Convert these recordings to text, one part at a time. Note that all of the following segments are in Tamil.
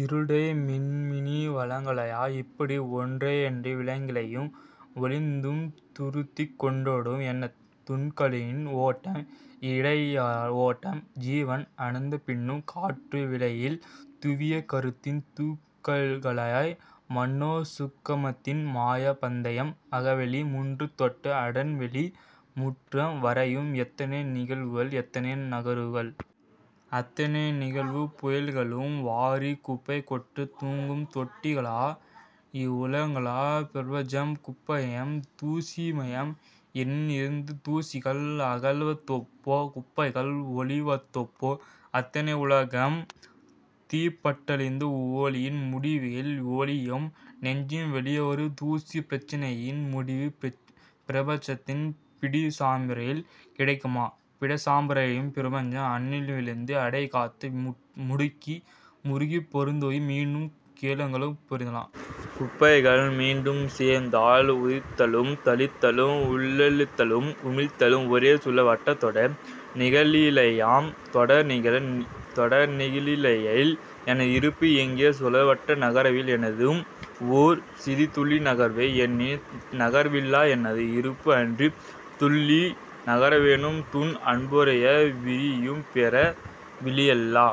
இருளிடை மின்மினி வலங்களாய், இப்படி ஒன்றையன்று விழுங்கியும் உமிழ்ந்தும் துரத்திக் கொண்டோடும் எண்ணத் துணுக்குகளின் ஓட்டம் இடையறா ஓட்டம். ஜீவன் அறுந்தபின்னும் காற்று வெளியில் தூவிய கருத்தின் துகள்களாய் மனோசூக்குமத்தின் மாயப் பந்தயம். அகவெளி முற்றந் தொட்டு அண்டவெளி முற்றம் வரையும் எத்தனை நிகழ்வுகள்! எத்தனை நகர்வுகள்! அத்தனை நிகழ்வுப் புயல்களும் வாரிக் குப்பை கொட்ட தொங்கும் தொட்டிகளா இவ்வுலகங்கள்? பிரபஞ்சமே குப்பைமயம் தூசிமயமா? எனின் இந்தத் தூசிகள் அகல்வதெப்போ? குப்பைகள் ஒழிவதெப்போ? அத்தனை உலகும் தீப்பட்டழிந்த ஊழியின் முடிவில் ஒழியுமா நெஞ்சின் விழியுறு தூசி? பிரச்சனையின் முடிவு பிரபஞ்சத்தின் பிடிசாம்பரில் கிடைக்குமா? பிடிசாம்பரிடையும் பிரபஞ்ச அணுவிலிருந்து அடைகாத்து முடுகி முறுகி பெருத்தூதி மீண்டும் கோளங்கள் பொரித்தால்....? குப்பைகள் மீண்டும் சேர்ந்தால்....? உதிர்தலும் தளிர்தலும் உள்ளிழுத்தலும் உமிழ்தலும் ஒரே சுழல் வட்டத் தொடர் நிகழ்லீலையாம். தொடர்நிகழ் லீலையில் எனது இருப்பு எங்கே? சுழல்வட்ட நகர்வில் எனதும் ஓர் சிறுத்துளி நகர்வே. எனின் நகர்விலா எனது இருப்பு? அன்றி துளி நகர்வெனும் துண் அணுப்புரைய விரியும் பேர் வெளியிலா?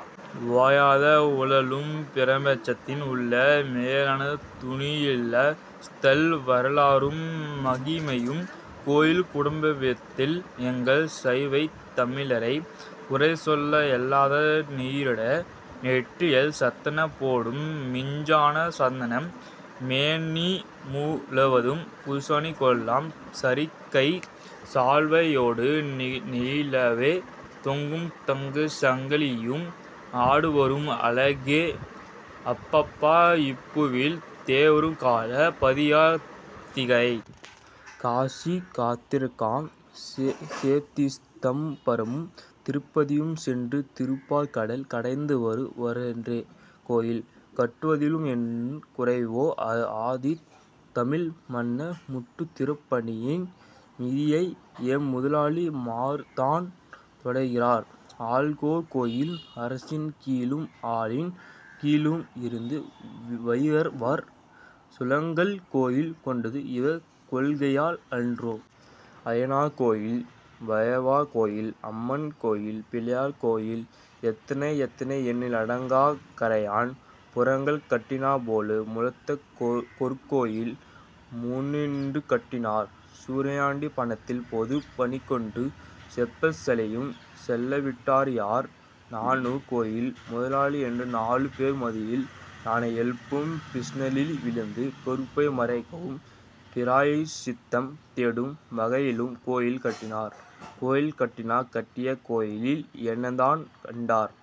ஓயாது உழலும் பிரபஞ்சத்தின் உள் மௌனத் தொனியிலா? ஸ்தல வரலாறும் மகிமையும் கோயில் கும்பிடுவதில் எங்கள் சைவத் தமிழரை குறை சொல்ல ஏலாது நீறிட்ட நெற்றியில் சந்தனப் பொட்டும், மிஞ்சின சந்தனம் மேனிமுழுவதும் பூசின கோலமும் சரிகைச் சால்வை யடு நீளவே தொங்கும் தங்கச் சங்கிலியும் ஆடவரும் அழகோ அப்பப்பா இப்புவியில் தேவரும் கால் பதியார் திகைத்து. காசி கதிர்காமம் சேதிசிதம்பரமும் திருப்பதியும் சென்று திருப்பாற் கடல் கடைந்து வரு வரன்றே. கோயில் கட்டுவதிலும் என்ன குறைவோ? ஆதித் தமிழ் மன்னர் மூட்டுதிருப் பணியின் மீதியை எம்முதலாளி மார்தான் தொடருகிறார் ஆளுக்கொரு கோயில்! அரசின் கீழும் ஆலின் கீழும் இருந்த வயிரவர் சூலங்கள் கோயில் கொண்டது இவர் கொள்கையால் அன்றோ. அய்யனார் கோயில் வயிரவா கோயில் அம்மன் கோயில் பிள்ளையார் கோயில் எத்தனை எத்தனை எண்ணில் அடங்கா கறையான் புற்றுகள் கட்டினாற்போல முழத்துக் கொருகோயில் முன்னின்று கட்டினார். சுரண்டிய பணத்தில் பொதுப் பணிக்கென்று செப்புச் சல்லியும் செலவிட்டறியார் நானொரு கோயில் முதலாளி என்று நாலு பேர் மத்தியில் 'நானை' எழுப்பும் பிஸினெஸில் விழுந்த கறுப்பை மறைக்கவும் பிராயச் சித்தம் தேடும் வகையிலும் கோயில் கட்டினார் கோயில் கட்டினார் கட்டிய கோயிலில் என்னதான் கண்டார்?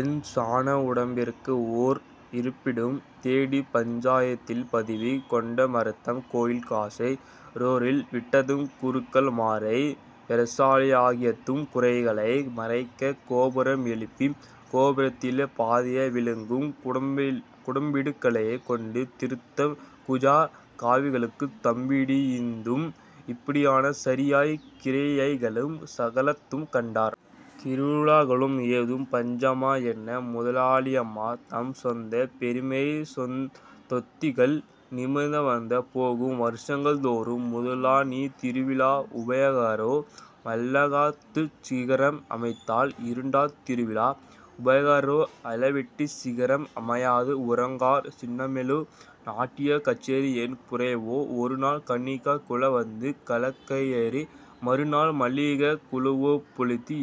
எண் சாண் உடம்பிற்கு ஒர் இருப்பிடம் தேடி பஞ்சாயத்தில் பதவி கொண்டமர்ந்ததும். கோயில் காசை றோளில் விட்டதும் குருக்கள் மாரை பெருச்சாளியாக்கியதும் குறைகளை மறைக்கக் கோபுரம் எழுப்பி கோபுரத்திலே பாதியை விழுங்கும் கும்பிடுகள்ளரைக் கொண்டு திரிந்ததும் கூஜா காவிகளுக்குத் 'தம்பிடி' ஈந்ததும்- இப்படியான சரியை கிரியைகள் சகலதும் கண்டார். திருவிழாக்களுக்கும் ஏதும் பஞ்சமா என்ன? முதலாளிமார் தம் சொந்தப் பெருமைத் தொந்திகள் நிமிர்த்த வந்து போகும் வருஷங்கள் தோறும். முதலாந் திருவிழா உபயகாரரோ மல்லாகத்துச் சிகரம் அமைத்தால் இரண்டாந் திருவிழா உபயகாரரோ அளவெட்டிச் சிகரம் அமையாது உறங்கார். சின்னமேள, நாட்டியக் கச்சேரி என்ன குறைவோ? ஒருநாள் 'கன்னிகா' குழு வந்து கலக்கியெறிய மறுநாள் மல்லிகா குழுவோ புழுதி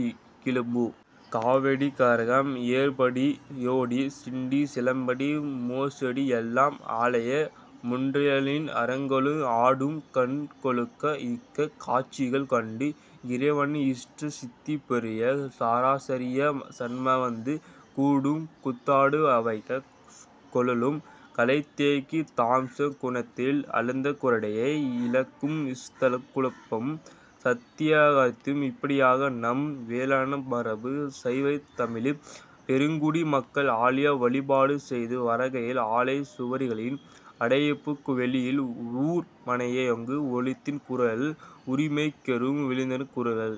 கிளப்பும். காவடி, கரகம், ஏறுபடி யோடு சீனடி சிலம்படி மோசடி எல்லாம் ஆலய முன்றலின் அரங்கெழுந்து ஆடும். கண்கொள்ளா இக் காட்சிகள் கண்டு இறைவனின் இஷ்ட சித்தி பெற்றுய்ய சாரிசாரியாய் சனம்வந்து கூடும். கூத்தாட்டு அவைக் குழாம் கலைந்தேகி தாமஸ குணத்தில் அழுந்திக் குறட்டை இழுக்கும். ஸ்தலக் குழப்பமும் சத்தியாக்கிரகமும் இப்படியாக நம் வேளாண் மரபுச் சைவத் தமிழ்ப் பெருங்குடி மக்கள் ஆலய வழிபாடு செய்து வருகையில் ஆலயச் சுவர்களின் அடைப்புக்கு வெளியில் ஊர்மனையெங்கும் ஒலித்தன குரல்கள் உரிமை கோரும் விழித்தோர் குரல்கள்!